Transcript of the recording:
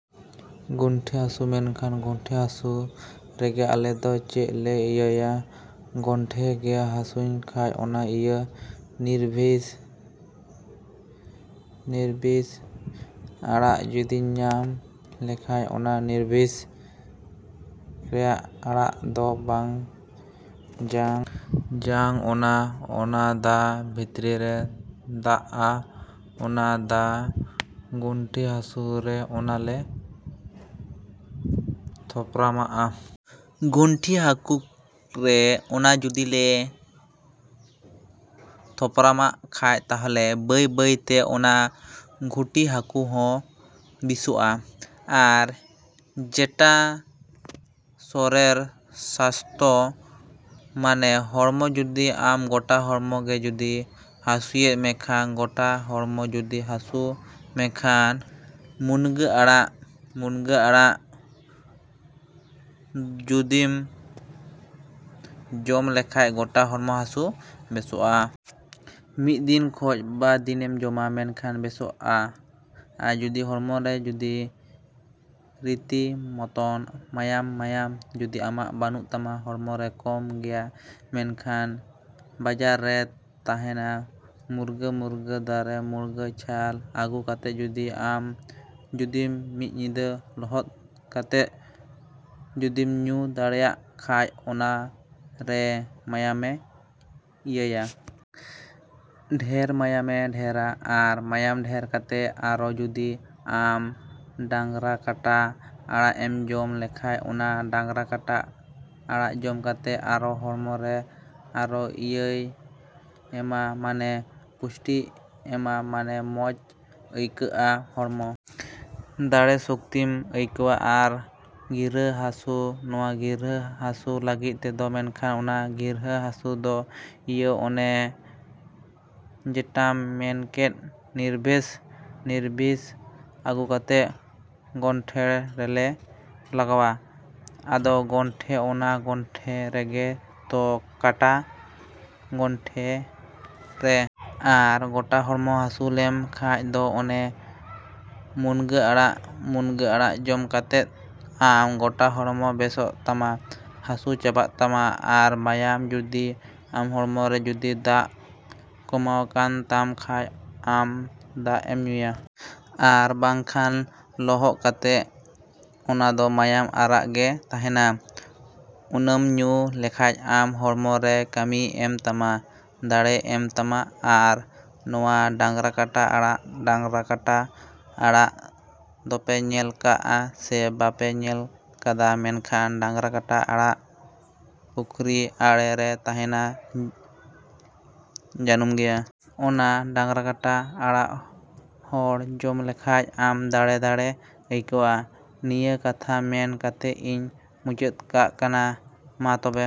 ᱜᱩᱱᱴᱷᱤ ᱦᱟᱹᱥᱩ ᱢᱮᱱᱠᱷᱟᱱ ᱜᱩᱱᱴᱷᱤ ᱦᱟᱹᱥᱩ ᱨᱮᱜᱮ ᱟᱞᱮ ᱫᱚ ᱪᱮᱫ ᱞᱮ ᱤᱭᱟᱹᱭᱟ? ᱜᱚᱱᱴᱷᱤ ᱜᱮ ᱦᱟᱹᱥᱩᱧ ᱠᱷᱟᱡ ᱚᱱᱟ ᱤᱭᱟᱹ ᱱᱤᱨᱵᱤᱥ, ᱱᱤᱨᱵᱤᱥ ᱟᱲᱟᱜ ᱡᱩᱫᱤᱧ ᱧᱟᱢ ᱞᱮᱠᱷᱟᱡ ᱚᱱᱟ ᱱᱤᱨᱵᱤᱥ ᱨᱮᱭᱟᱜ ᱟᱲᱟᱜ ᱫᱚ ᱵᱟᱝ ᱡᱟᱝ, ᱡᱟᱝ ᱚᱱᱟ, ᱚᱱᱟ ᱫᱟ, ᱵᱷᱤᱛᱨᱤ ᱨᱮ ᱫᱟᱜᱼᱟ, ᱚᱱᱟ ᱫᱟ ᱜᱩᱱᱴᱷᱤ ᱦᱟᱹᱥᱩ ᱨᱮ ᱚᱱᱟ ᱞᱮ ᱛᱷᱚᱯᱨᱟᱢᱟᱜᱼᱟ᱾ ᱜᱩᱱᱴᱷᱤ ᱦᱟᱹᱥᱩ ᱨᱮ ᱚᱱᱟ ᱡᱩᱫᱤ ᱞᱮ ᱛᱷᱚᱯᱨᱟᱢᱟᱜ ᱠᱷᱟᱡ ᱛᱟᱦᱚᱞᱮ ᱵᱟᱹᱭ ᱵᱟᱹᱭᱛᱮ ᱚᱱᱟ ᱜᱩᱱᱴᱷᱤ ᱦᱟᱹᱥᱩ ᱦᱚᱸ ᱵᱮᱥᱚᱜᱼᱟ᱾ ᱟᱨ ᱡᱮᱴᱟ ᱥᱚᱨᱤᱨ ᱥᱟᱥᱛᱷᱚ ᱢᱟᱱᱮ ᱦᱚᱲᱢᱚ ᱡᱩᱫᱤ ᱟᱢ ᱜᱚᱴᱟ ᱦᱚᱲᱢᱚ ᱜᱮ ᱡᱩᱫᱤ ᱦᱟᱥᱩᱭᱮᱫ ᱢᱮᱠᱷᱟᱡ ᱜᱚᱴᱟ ᱦᱚᱲᱢᱚ ᱡᱩᱫᱤ ᱦᱟᱥᱩ ᱢᱮᱠᱷᱟᱡ ᱢᱩᱱᱜᱟᱹ ᱟᱲᱟᱜ, ᱢᱩᱱᱜᱟᱹ ᱟᱲᱟᱜ ᱫᱩᱡᱤᱢ ᱡᱚᱢ ᱞᱮᱠᱷᱟᱡ ᱜᱚᱴᱟ ᱦᱚᱲᱢᱚ ᱦᱟᱹᱥᱩ ᱵᱮᱥᱚᱜᱼᱟ᱾ ᱢᱤᱫ ᱫᱤᱱ ᱠᱷᱚᱡ ᱵᱟᱨ ᱫᱤᱱᱮᱢ ᱡᱚᱢᱟ ᱢᱮᱱᱠᱷᱟᱱ ᱵᱮᱥᱚᱜᱼᱟ᱾ ᱟᱨ ᱡᱩᱫᱤ ᱦᱚᱲᱢᱚ ᱨᱮ ᱡᱩᱫᱤ ᱨᱤᱛᱤ ᱢᱚᱛᱚᱱ ᱢᱟᱭᱟᱢ, ᱢᱟᱭᱟᱢ ᱡᱩᱫᱤ ᱟᱢᱟᱜ ᱵᱟᱹᱱᱩᱜ ᱛᱟᱢᱟ ᱦᱚᱲᱢᱚ ᱨᱮ ᱠᱚᱢ ᱜᱮᱭᱟ ᱢᱮᱱᱠᱷᱟᱱ ᱜᱟᱡᱟᱲ ᱨᱮ ᱛᱟᱦᱮᱱᱟ ᱢᱩᱨᱜᱟᱹ ᱢᱩᱨᱜᱟᱹ ᱫᱟᱨᱮ, ᱢᱩᱨᱜᱟᱹ ᱪᱷᱟᱞ ᱟᱹᱜᱩ ᱠᱟᱛᱮᱫ ᱡᱩᱫᱤ ᱟᱢ ᱡᱩᱫᱤᱢ ᱢᱤᱫ ᱧᱤᱫᱟᱹ ᱞᱚᱦᱚᱫ ᱠᱟᱛᱮᱫ ᱡᱩᱫᱤᱢ ᱧᱩ ᱫᱟᱲᱮᱭᱟᱜ ᱠᱷᱟᱡ ᱚᱱᱟ ᱚᱱᱟ ᱨᱮ ᱢᱟᱭᱟᱢᱮ ᱤᱭᱟᱹᱭᱟ᱾ ᱰᱷᱤᱨ ᱢᱟᱭᱟᱢᱮ ᱰᱷᱮᱨᱟ᱾ ᱟᱨ ᱢᱟᱭᱟᱢ ᱰᱷᱮᱨ ᱠᱟᱛᱮᱫ ᱟᱨᱚ ᱡᱩᱫᱤ ᱟᱢ ᱰᱟᱝᱨᱟ ᱠᱟᱴᱟ ᱟᱲᱟᱜ ᱮᱢ ᱡᱚᱢ ᱞᱮᱠᱷᱟᱡ, ᱚᱱᱟ ᱰᱟᱝᱨᱟ ᱠᱟᱴᱟ ᱟᱲᱟᱜ ᱡᱚᱢ ᱠᱟᱛᱮᱫ ᱟᱨᱚ ᱦᱚᱲᱢᱚ ᱨᱮ ᱟᱨᱚ ᱤᱭᱟᱹᱭ ᱮᱢᱟ ᱢᱟᱱᱮ ᱯᱩᱥᱴᱤᱭ ᱮᱢᱟ ᱢᱟᱱᱮ ᱢᱚᱡᱽ ᱟᱹᱭᱠᱟᱹᱜᱼᱟ ᱦᱚᱲᱢᱚ᱾ ᱫᱟᱲᱮ ᱥᱚᱠᱛᱤᱢ ᱟᱹᱭᱠᱟᱹᱣᱟ᱾ ᱟᱨ ᱜᱤᱨᱦᱟᱹ ᱦᱟᱹᱥᱩ ᱱᱚᱣᱟ ᱜᱤᱨᱦᱟᱹ ᱦᱟᱥᱩ ᱞᱟᱹᱜᱤᱫ ᱛᱮᱫᱚ ᱢᱮᱱᱠᱷᱟᱱ ᱚᱱᱟ ᱜᱨᱤᱨᱟᱹ ᱦᱟᱹᱥᱩ ᱫᱚ ᱤᱭᱟᱹ ᱚᱱᱮ ᱡᱮᱴᱟᱧ ᱢᱮᱱᱠᱮᱫ ᱱᱤᱨᱵᱤᱥ, ᱱᱤᱨᱵᱤᱥ ᱟᱹᱜᱩ ᱠᱟᱛᱮᱫ ᱜᱚᱱᱴᱷᱮᱲ ᱨᱮᱞᱮ ᱞᱟᱜᱟᱣᱟ᱾ ᱟᱫᱚ ᱜᱚᱱᱴᱷᱮ ᱚᱱᱟ ᱜᱚᱱᱴᱷᱮ ᱨᱮᱜᱤ ᱛᱚ, ᱠᱟᱴᱟ ᱜᱚᱱᱴᱷᱤ ᱨᱮ᱾ ᱟᱨ ᱜᱚᱴᱟ ᱦᱚᱲᱢᱚ ᱦᱟᱹᱥᱩ ᱞᱮᱢ ᱠᱷᱟᱡ ᱫᱚ ᱚᱱᱮ ᱢᱩᱱᱜᱟᱹ ᱟᱲᱟᱜ, ᱢᱩᱱᱜᱟᱹ ᱟᱲᱟᱜ ᱡᱚᱢ ᱠᱟᱛᱮᱫ ᱟᱢ ᱜᱚᱴᱟ ᱦᱚᱲᱢᱚ ᱵᱮᱥᱚᱜ ᱛᱟᱢᱟ ᱦᱟᱹᱥᱩ ᱪᱟᱵᱟᱜ ᱛᱟᱢᱟ᱾ ᱟᱨ ᱢᱟᱭᱟᱢ ᱡᱩᱫᱤ ᱟᱢ ᱦᱚᱲᱢᱚ ᱨᱮ ᱡᱩᱫᱤ ᱫᱟᱜ ᱠᱚᱢᱟᱣ ᱠᱟᱱ ᱛᱟᱢ ᱠᱷᱟᱡ ᱟᱢ ᱫᱟᱜᱼᱮᱢ ᱧᱩᱭᱟ᱾ ᱟᱨ ᱵᱟᱝᱠᱷᱟᱱ ᱞᱚᱦᱚᱫ ᱠᱟᱛᱮᱫ ᱚᱱᱟ ᱫᱚ ᱢᱟᱭᱟᱢ ᱟᱨᱟᱜ ᱜᱮ ᱛᱟᱦᱮᱱᱟ᱾ ᱚᱱᱟᱢ ᱧᱩ ᱞᱮᱠᱷᱟᱡ ᱟᱢ ᱦᱚᱲᱢᱚ ᱨᱮ ᱠᱟᱹᱢᱤᱭ ᱮᱢ ᱛᱟᱢᱟ. ᱫᱟᱲᱮᱭ ᱮᱢ ᱛᱟᱢᱟ᱾ ᱟᱨ ᱱᱚᱣᱟ ᱰᱟᱝᱨᱟ ᱠᱟᱴᱟ ᱟᱲᱟᱜ, ᱰᱟᱝᱨᱟ ᱠᱟᱴᱟ ᱟᱲᱟᱜ ᱫᱚᱯᱮ ᱧᱮᱞ ᱠᱟᱜᱼᱟ ᱥᱮ ᱵᱟᱯᱮ ᱧᱮᱞ ᱠᱟᱫᱟ ᱢᱮᱱᱠᱷᱟᱱ ᱰᱟᱝᱨᱟ ᱠᱟᱴᱟ ᱟᱲᱟᱜ ᱯᱩᱠᱷᱨᱤ ᱟᱲᱮ ᱨᱮ ᱛᱟᱦᱮᱱᱟ ᱡᱟᱹᱱᱩᱢ ᱜᱮᱭᱟ᱾ ᱚᱱᱟ ᱰᱟᱝᱨᱟ ᱠᱟᱴᱟ ᱟᱲᱟᱜ ᱦᱚᱢ ᱡᱚᱢ ᱞᱮᱠᱷᱟᱡ ᱟᱢ ᱫᱟᱲᱮ ᱫᱟᱲᱮ ᱟᱹᱭᱠᱟᱹᱣᱟ᱾ ᱱᱤᱭᱟᱹ ᱠᱟᱛᱷᱟ ᱢᱮᱱ ᱠᱟᱛᱮᱫ ᱤᱧ ᱢᱩᱪᱟᱹᱛ ᱠᱟᱜ ᱠᱟᱱᱟ᱾ ᱢᱟ ᱛᱚᱵᱮ᱾